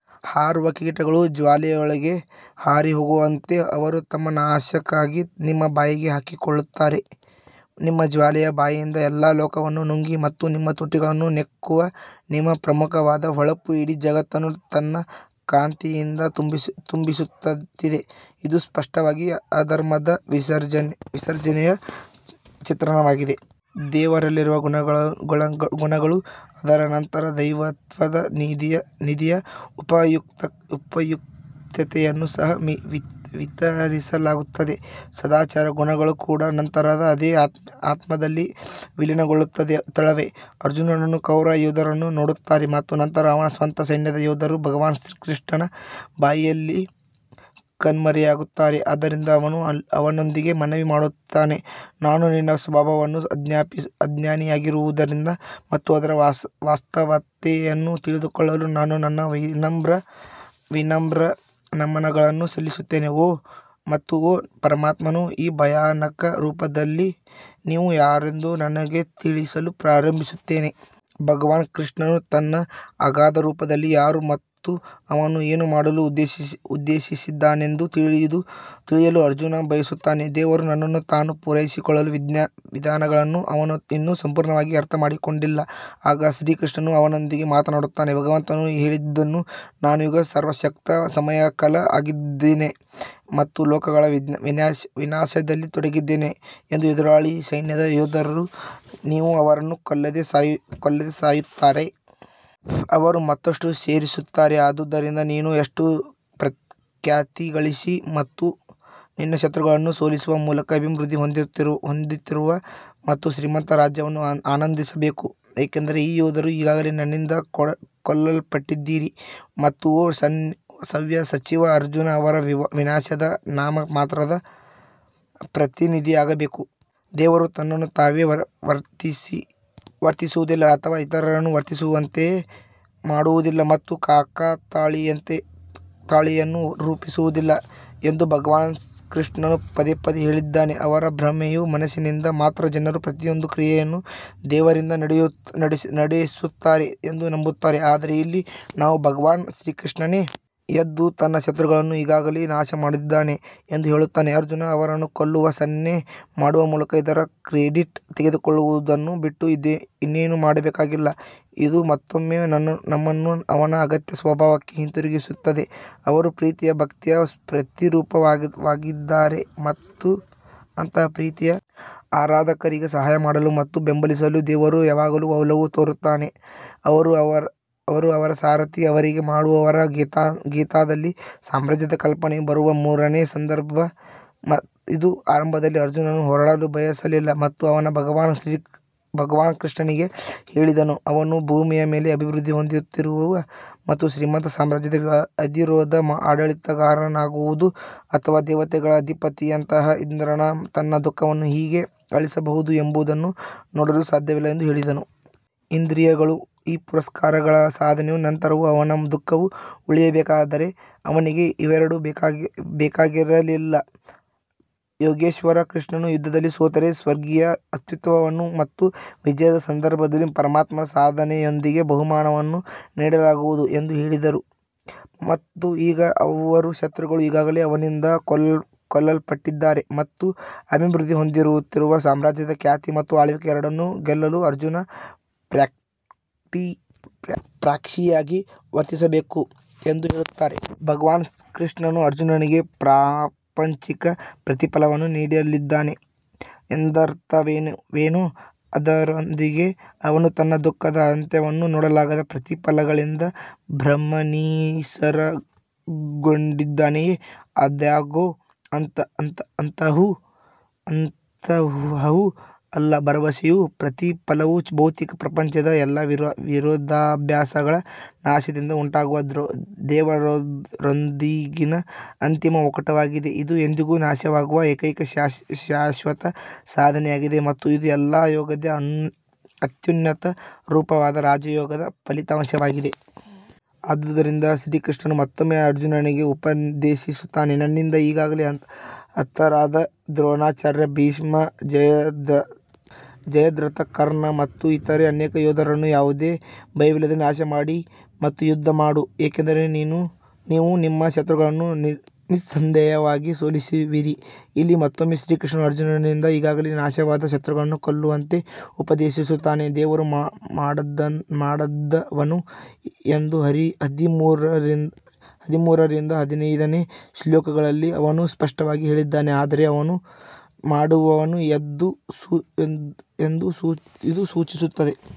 ಹಾರುವ ಕೀಟಗಳು ಜ್ವಾಲೆಯೊಳಗೆ ಹಾರಿಹೋಗುವಂತೆ ಅವರು ತಮ್ಮ ನಾಶಕ್ಕಾಗಿ ನಿಮ್ಮ ಬಾಯಿಗೆ ಹಾಕಿಕೊಳ್ಳುತ್ತಾರೆ ನಿಮ್ಮ ಜ್ವಾಲೆಯ ಬಾಯಿಯಿಂದ ಎಲ್ಲಾ ಲೋಕಗಳನ್ನು ನುಂಗಿ ಮತ್ತು ನಿಮ್ಮ ತುಟಿಗಳನ್ನು ನೆಕ್ಕುವ ನಿಮ್ಮ ಪ್ರಖರವಾದ ಹೊಳಪು ಇಡೀ ಜಗತ್ತನ್ನು ತನ್ನ ಕಾಂತಿಯಿಂದ ತುಂಬಿಸುತ್ತಿದೆ ಇದು ಸ್ಪಷ್ಟವಾಗಿ ಅಧರ್ಮದ ವಿಸರ್ಜನೆಯ ಚಿತ್ರಣವಾಗಿದೆ ದೇವರಲ್ಲಿರುವ ಗುಣಗಳು ಅದರ ನಂತರ ದೈವತ್ವದ ನಿಧಿಯ ಉಪಯುಕ್ತತೆಯನ್ನು ಸಹ ವಿತರಿಸಲಾಗುತ್ತದೆ ಸದಾಚಾರ ಗುಣಗಳು ಕೂಡ ನಂತರ ಅದೇ ಆತ್ಮದಲ್ಲಿ ವಿಲೀನಗೊಳ್ಳುತ್ತವೆ ಅರ್ಜುನನು ಕೌರವ ಯೋಧರನ್ನು ನೋಡುತ್ತಾನೆ ಮತ್ತು ನಂತರ ಅವನ ಸ್ವಂತ ಸೈನ್ಯದ ಯೋಧರು ಭಗವಾನ್ ಕೃಷ್ಣನ ಬಾಯಿಯಲ್ಲಿ ಕಣ್ಮರೆಯಾಗುತ್ತಾರೆ ಆದ್ದರಿಂದ ಅವನು ಅವನೊಂದಿಗೆ ಮನವಿ ಮಾಡುತ್ತಾನೆ ನಾನು ನಿನ್ನ ಸ್ವಭಾವವನ್ನು ಅಜ್ಞಾನಿಯಾಗಿರುವುದರಿಂದ ಮತ್ತು ಅದರ ವಾಸ್ತವತೆಯನ್ನು ತಿಳಿದುಕೊಳ್ಳಲು ನಾನು ನನ್ನ ವಿನಮ್ರ ನಮನಗಳನ್ನು ಸಲ್ಲಿಸುತ್ತೇನೆ ಮತ್ತು ಓ ಪರಮಾತ್ಮನು ಈ ಭಯಾನಕ ರೂಪದಲ್ಲಿ ನೀವು ಯಾರೆಂದು ನನಗೆ ತಿಳಿಸಲು ಪ್ರಾರ್ಥಿಸುತ್ತೇನೆ. ಭಗವಾನ್ ಕೃಷ್ಣನು ತನ್ನ ಅಗಾಧ ರೂಪದಲ್ಲಿ ಯಾರು ಮತ್ತು ಅವನು ಏನು ಮಾಡಲು ಉದ್ದೇಶಿಸಿದ್ದಾನೆಂದು ತಿಳಿಯಲು ಅರ್ಜುನ್ ಬಯಸುತ್ತಾನೆ ದೇವರು ತನ್ನನ್ನು ತಾನು ಪೂರೈಸಿಕೊಳ್ಳುವ ವಿಧಾನಗಳನ್ನು ಅವನು ಇನ್ನೂ ಸಂಪೂರ್ಣವಾಗಿ ಅರ್ಥಮಾಡಿಕೊಂಡಿಲ್ಲ ಆಗ ಶ್ರೀಕೃಷ್ಣನು ಅವನೊಂದಿಗೆ ಮಾತನಾಡುತ್ತಾನೆ ಭಗವಂತನು ಹೇಳಿದನು ನಾನು ಈಗ ಸರ್ವಶಕ್ತ ಸಮಯ ಕಲ್ ಆಗಿದ್ದೇನೆ ಮತ್ತು ಲೋಕಗಳ ವಿನಾಶದಲ್ಲಿ ತೊಡಗಿದ್ದೇನೆ ಮತ್ತು ಎದುರಾಳಿ ಸೈನ್ಯದ ಯೋಧರು ನೀವು ಅವರನ್ನು ಕೊಲ್ಲದೆ ಸಾಯುತ್ತಾರೆ. ಅವರು ಮತ್ತಷ್ಟು ಸೇರಿಸುತ್ತಾರೆ ಆದುದರಿಂದ ನೀನು ಎದ್ದು ಪ್ರಖ್ಯಾತಿ ಗಳಿಸಿ ಮತ್ತು ನಿನ್ನ ಶತ್ರುಗಳನ್ನು ಸೋಲಿಸುವ ಮೂಲಕ ಅಭಿವೃದ್ಧಿ ಹೊಂದುತ್ತಿರುವ ಮತ್ತು ಶ್ರೀಮಂತ ರಾಜ್ಯವನ್ನು ಆನಂದಿಸಬೇಕು ಏಕೆಂದರೆ ಈ ಯೋಧರು ಈಗಾಗಲೇ ನನ್ನಿಂದ ಕೊಲ್ಲಲ್ಪಟ್ಟಿದ್ದೀರಿ ಮತ್ತು ಓ ಸವ್ಯಸಚಿನ್ ಅರ್ಜುನ್ ಅವರ ವಿನಾಶದ ನಾಮಮಾತ್ರದ ಪ್ರತಿನಿಧಿಯಾಗಬೇಕು. ದೇವರು ತನ್ನನ್ನು ತಾನೇ ವರ್ತಿಸುವುದಿಲ್ಲ ಅಥವಾ ಇತರರನ್ನು ವರ್ತಿಸುವಂತೆ ಮಾಡುವುದಿಲ್ಲ ಮತ್ತು ಕಾಕತಾಳೀಯತೆಯನ್ನು ರೂಪಿಸುವುದಿಲ್ಲ ಎಂದು ಭಗವಾನ್ ಕೃಷ್ಣನು ಪದೇ ಪದೇ ಹೇಳಿದ್ದಾನೆ. ಅವರ ಭ್ರಮೆಯ ಮನಸ್ಸಿನಿಂದ ಮಾತ್ರ ಜನರು ಪ್ರತಿಯೊಂದು ಕ್ರಿಯೆಯನ್ನು ದೇವರಿಂದ ನಡೆಸುತ್ತಾರೆ ಎಂದು ನಂಬುತ್ತಾರೆ ಆದರೆ ಇಲ್ಲಿ ನಾವು ಭಗವಾನ್ ಶ್ರೀಕೃಷ್ಣನೇ ಎದ್ದು ತನ್ನ ಶತ್ರುಗಳನ್ನು ಈಗಾಗಲೇ ನಾಶಮಾಡಿದ್ದಾನೆ ಎಂದು ಹೇಳುತ್ತಾನೆ ಅರ್ಜುನ್ ಅವರನ್ನು ಕೊಲ್ಲುವ ಸನ್ನೆ ಮಾಡುವ ಮೂಲಕ ಇದರ ಕ್ರೆಡಿಟ್ ತೆಗೆದುಕೊಳ್ಳುವುದನ್ನು ಬಿಟ್ಟು ಇನ್ನೇನೂ ಮಾಡಬೇಕಾಗಿಲ್ಲ ಇದು ಮತ್ತೊಮ್ಮೆ ನಮ್ಮನ್ನು ಅವನ ಅಗತ್ಯ ಸ್ವಭಾವಕ್ಕೆ ಹಿಂತಿರುಗಿಸುತ್ತದೆ ಅವರು ಪ್ರೀತಿಯ ಭಕ್ತಿಯ ಪ್ರತಿರೂಪವಾಗಿದ್ದಾರೆ ಮತ್ತು ಅಂತಹ ಪ್ರೀತಿಯ ಆರಾಧಕರಿಗೆ ಸಹಾಯ ಮಾಡಲು ಮತ್ತು ಬೆಂಬಲಿಸಲು ದೇವರು ಯಾವಾಗಲೂ ಒಲವು ತೋರುತ್ತಾನೆ ಅವರು ಅವರ ಸಾರಥಿ ಅವರಿಗೆ ಮಾಡುವವರು ಗೀತಾದಲ್ಲಿ ಸಾಮ್ರಾಜ್ಯದ ಕಲ್ಪನೆಯು ಬರುವ ಮೂರನೇ ಸಂದರ್ಭ ಇದು ಆರಂಭದಲ್ಲಿ ಅರ್ಜುನನು ಹೋರಾಡಲು ಬಯಸಲಿಲ್ಲ ಮತ್ತು ಅವನು ಭಗವಾನ್ ಕೃಷ್ಣನಿಗೆ ಹೇಳಿದನು ಅವನು ಭೂಮಿಯ ಮೇಲೆ ಅಭಿವೃದ್ಧಿ ಹೊಂದುತ್ತಿರುವ ಮತ್ತು ಶ್ರೀಮಂತ ಸಾಮ್ರಾಜ್ಯದ ಅವಿರೋಧ ಆಡಳಿತಗಾರನಾಗುವುದು ಅಥವಾ ದೇವತೆಗಳ ಅಧಿಪತಿಯಂತಹ ಇಂದ್ರನು ತನ್ನ ದುಃಖವನ್ನು ಹೇಗೆ ಅಳಿಸಬಹುದು ಎಂಬುದನ್ನು ನೋಡಲು ಸಾಧ್ಯವಿಲ್ಲ ಎಂದು ಹೇಳಿದನು. ಇಂದ್ರಿಯಗಳು ಈ ಪುರಸ್ಕಾರಗಳ ಸಾಧನೆಯ ನಂತರವೂ ಅವನ ದುಃಖವು ಉಳಿಯಬೇಕಾದರೆ ಅವನಿಗೆ ಇವೆರಡೂ ಬೇಕಾಗಿರಲಿಲ್ಲ ಯೋಗೇಶ್ವರ್ ಕೃಷ್ಣನು ಯುದ್ಧದಲ್ಲಿ ಸೋತರೆ ಸ್ವರ್ಗೀಯ ಅಸ್ತಿತ್ವವನ್ನು ಮತ್ತು ವಿಜಯದ ಸಂದರ್ಭದಲ್ಲಿ ಪರಮಾತ್ಮನ ಸಾಧನೆಯೊಂದಿಗೆ ಬಹುಮಾನವನ್ನು ನೀಡಲಾಗುವುದು ಎಂದು ಹೇಳಿದರು. ಮತ್ತು ಈಗ ಅವರು ಶತ್ರುಗಳು ಈಗಾಗಲೇ ಅವನಿಂದ ಕೊಲ್ಲಲ್ಪಟ್ಟಿದ್ದಾರೆ ಮತ್ತು ಅಭಿವೃದ್ಧಿ ಹೊಂದುತ್ತಿರುವ ಸಾಮ್ರಾಜ್ಯದ ಖ್ಯಾತಿ ಮತ್ತು ಆಳ್ವಿಕೆ ಎರಡನ್ನೂ ಗೆಲ್ಲಲು ಅರ್ಜುನ್ ಪ್ರಾಕ್ಸಿಯಾಗಿ ವರ್ತಿಸಬೇಕು ಎಂದು ಹೇಳುತ್ತಾರೆ. ಭಗವಾನ್ ಕೃಷ್ಣನು ಅರ್ಜುನನಿಗೆ ಪ್ರಾಪಂಚಿಕ ಪ್ರತಿಫಲವನ್ನು ನೀಡಲಿದ್ದಾನೆ ಎಂದರ್ಥವೇನೋ ಅದರೊಂದಿಗೆ ಅವನು ತನ್ನ ದುಃಖದ ಅಂತ್ಯವನ್ನು ನೋಡಲಾಗದ ಪ್ರತಿಫಲಗಳಿಂದ ಭ್ರಮನಿರಸನಗೊಂಡಿದ್ದಾನೆಯೇ? ಆದಾಗ್ಯೂ ಅಂತಹವು ಅಲ್ಲ ಭರವಸೆಯ ಪ್ರತಿಫಲವು ಭೌತಿಕ ಪ್ರಪಂಚದ ಎಲ್ಲಾ ವಿರೋಧಾಭಾಸಗಳ ನಾಶದಿಂದ ಉಂಟಾಗುವ ದೇವರೊಂದಿಗಿನ ಅಂತಿಮ ಒಕ್ಕೂಟವಾಗಿದೆ. ಇದು ಎಂದಿಗೂ ನಾಶವಾಗದ ಏಕೈಕ ಶಾಶ್ವತ ಸಾಧನೆಯಾಗಿದೆ ಮತ್ತು ಇದು ಎಲ್ಲಾ ಯೋಗದ ಅತ್ಯುನ್ನತ ರೂಪವಾದ ರಾಜ ಯೋಗದ ಫಲಿತಾಂಶವಾಗಿದೆ. ಆದುದರಿಂದ ಶ್ರೀಕೃಷ್ಣನು ಮತ್ತೊಮ್ಮೆ ಅರ್ಜುನನಿಗೆ ಉಪದೇಶಿಸುತ್ತಾನೆ ನನ್ನಿಂದ ಈಗಾಗಲೇ ಹತರಾದ ದ್ರೋಣಾಚಾರ್ಯ ಭೀಷ್ಮ ಜಯದ್ರಥ ಕರ್ಣ ಮತ್ತು ಇತರ ಅನೇಕ ಯೋಧರನ್ನು ಯಾವುದೇ ಭಯವಿಲ್ಲದೆ ನಾಶಮಾಡಿ ಮತ್ತು ಯುದ್ಧ ಮಾಡು ಏಕೆಂದರೆ ನೀವು ನಿಮ್ಮ ಶತ್ರುಗಳನ್ನು ನಿಸ್ಸಂದೇಹವಾಗಿ ಸೋಲಿಸುವಿರಿ. ಇಲ್ಲಿ ಮತ್ತೊಮ್ಮೆ ಶ್ರೀಕೃಷ್ಣನು ಅರ್ಜುನನಿಂದ ಈಗಾಗಲೇ ನಾಶವಾದ ಶತ್ರುಗಳನ್ನು ಕೊಲ್ಲುವಂತೆ ಉಪದೇಶಿಸುತ್ತಾನೆ ದೇವರು ಮಾಡದವನು ಎಂದು ಹದಿಮೂರರಿಂದ ಹದಿನೈದನೇ ಶ್ಲೋಕಗಳಲ್ಲಿ ಅವನು ಸ್ಪಷ್ಟವಾಗಿ ಹೇಳಿದ್ದಾನೆ ಆದರೆ ಅವನು ಮಾಡುವವನು ಎಂದು ಇದು ಸೂಚಿಸುತ್ತದೆ.